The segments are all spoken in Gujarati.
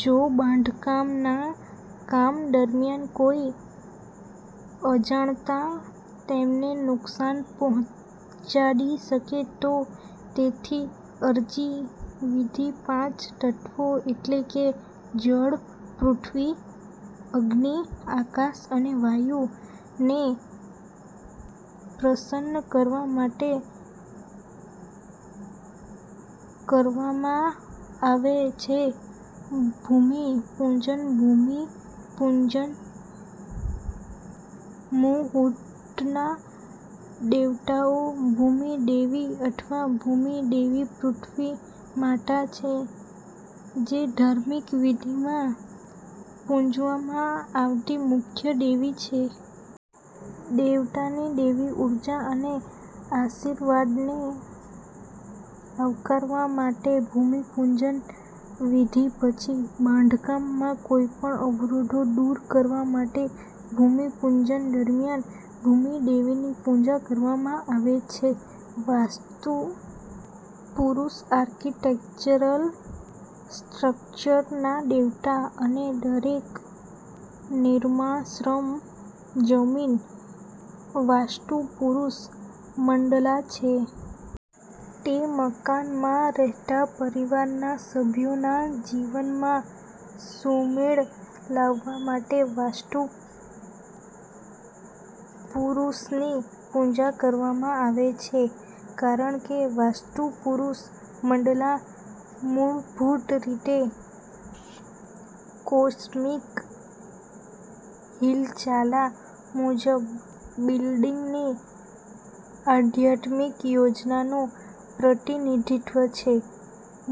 જો બાંધકામના કામ દરમિયાન કોઈ અજાણતા તેમને નુકસાન પહોંચાડી શકે તો, તેથી, અરજી. વિધિ પાંચ તત્વો એટલે કે જળ, પૃથ્વી, અગ્નિ, આકાશ અને વાયુને પ્રસન્ન કરવા માટે કરવામાં આવે છે. ભૂમિ પૂજનભૂમિ પૂજન મુહૂર્તના દેવતાઓ ભૂમિ દેવી અથવા ભૂમિ દેવીપૃથ્વી માતા છે જેધાર્મિક વિધિમાં પૂજવામાં આવતી મુખ્ય દેવી છે. દેવતાની દૈવી ઉર્જા અને આશીર્વાદને આવકારવા માટે, ભૂમિ પૂજન વિધિ પછી બાંધકામમાં કોઈપણ અવરોધો દૂર કરવા માટે ભૂમિ પૂજન દરમિયાન ભૂમિ દેવીની પૂજા કરવામાં આવે છે. વાસ્તુ પુરૂષઆર્કિટેક્ચરલ સ્ટ્રક્ચર્સના દેવતા અને દરેક નિર્માણક્ષમ જમીન 'વાસ્તુ પુરુષ મંડલા' છે. તે મકાનમાં રહેતા પરિવારના સભ્યોના જીવનમાં સુમેળ લાવવા માટે વાસ્તુ પુરૂષની પૂજા કરવામાં આવે છે, કારણ કે વાસ્તુ પુરૂષ મંડલા મૂળભૂત રીતે કોસ્મિક હિલચાલ મુજબ બિલ્ડિંગની આધ્યાત્મિક યોજનાનું પ્રતિનિધિત્વ છે.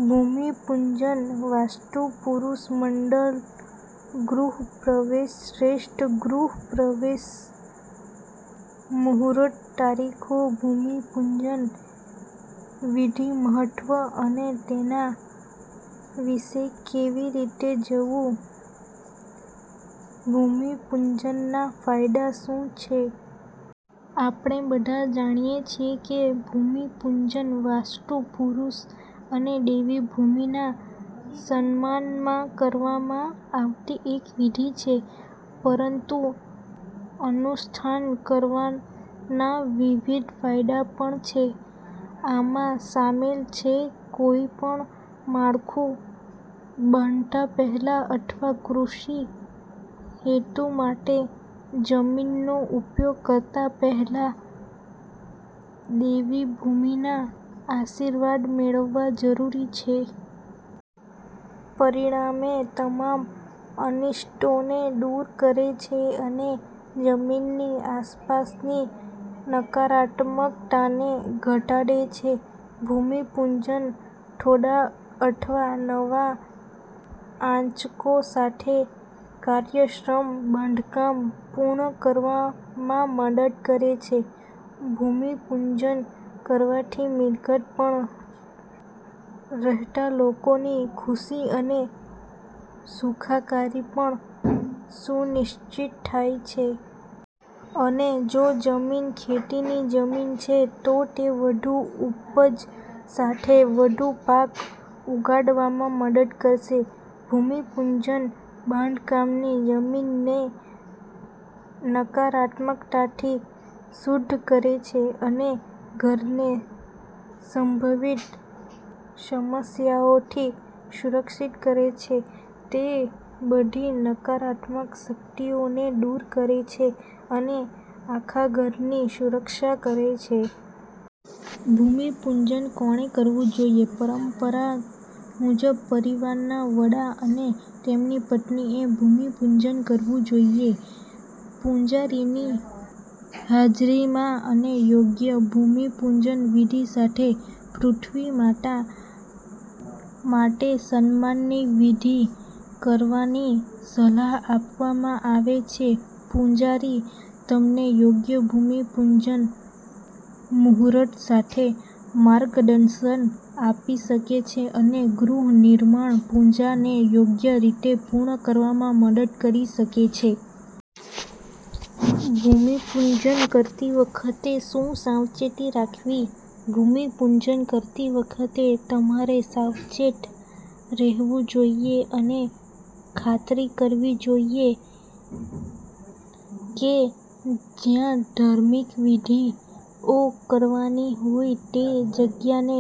ભૂમિ પૂજન વાસ્તુ પુરુષ મંડળ ગૃહ પ્રવેશશ્રેષ્ઠ ગૃહ પ્રવેશ મુહૂર્ત તારીખો, ભૂમિ પૂજન વિધિમહત્વ અને તેના વિશે કેવી રીતે જવું, ભૂમિપૂજનના ફાયદા શું છે? આપણે બધા જાણીએ છીએ કે ભૂમિપૂજનવાસ્તુ પુરૂષ અને દેવી ભૂમિ ના સન્માનમાં કરવામાં આવતી એક વિધિ છે. પરંતુઅનુષ્ઠાન કરવાના વિવિધ ફાયદા પણ છે. આમાં શામેલ છેકોઈપણ માળખું બાંધતા પહેલા અથવા કૃષિ હેતુ માટે જમીનનો ઉપયોગ કરતા પહેલા, દેવી ભૂમિના આશીર્વાદ મેળવવા જરૂરી છે. પરિણામે, તમામ અનિષ્ટોને દૂર કરે છે અને જમીનની આસપાસની નકારાત્મકતાને ઘટાડે છે. ભૂમિપૂજન થોડા અથવા નવા આંચકો સાથે કાર્યક્ષમ બાંધકામ પૂર્ણ કરવામાં મદદ કરે છે. ભૂમિપૂજન કરવાથી મિલકત પર રહેતા લોકોની ખુશી અને સુખાકારી પણ સુનિશ્ચિત થાય છે. અને જો જમીન ખેતીની જમીન છે, તો તે વધુ ઉપજ સાથે વધુ પાક ઉગાડવામાં મદદ કરશે. ભૂમિપૂજન બાંધકામની જમીનને નકારાત્મકતાથી શુદ્ધ કરે છે અને ઘરને સંભવિત સમસ્યાઓથી સુરક્ષિત કરે છે. તે બધી નકારાત્મક શક્તિઓને દૂર કરે છે અને આખા ઘરની સુરક્ષા કરે છે. ભૂમિપૂજન કોણે કરવું જોઈએ? પરંપરા મુજબ, પરિવારના વડા અને તેમની પત્નીએ ભૂમિપૂજન કરવું જોઈએ. પૂજારીની હાજરીમાં અને યોગ્ય ભૂમિપૂજન વિધિ સાથે પૃથ્વી માતા માટેસન્માનની વિધિ કરવાની સલાહ આપવામાં આવે છે. પૂજારી તમને યોગ્ય ભૂમિ પૂજન મુહૂર્ત સાથે માર્ગદર્શન આપી શકે છે અને ગૃહ નિર્માણ પૂજાને યોગ્ય રીતે પૂર્ણ કરવામાં મદદ કરી શકે છે. ભૂમિપૂજન કરતી વખતે શું સાવચેતી રાખવી? ભૂમિપૂજન કરતી વખતે, તમારે સાવચેત રહેવું જોઈએ અને ખાતરી કરવી જોઈએ કે જ્યાં ધાર્મિક વિધિઓ કરવાની હોય તે જગ્યાને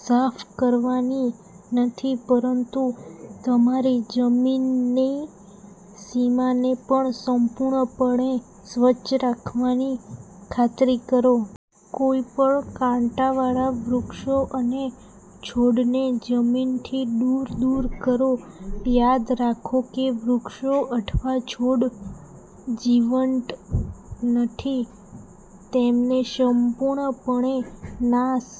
સાફ કરવાનીનહીં પરંતુ તમારી જમીનની સીમાને પણ સંપૂર્ણપણે સ્વચ્છ રાખવાની ખાતરી કરો. કોઈપણ કાંટાવાળા વૃક્ષો અને છોડને જમીનથી દૂર દૂર કરો. યાદ રાખો કે વૃક્ષો અથવા છોડ જીવંત નથીતેમને સંપૂર્ણપણે નાશ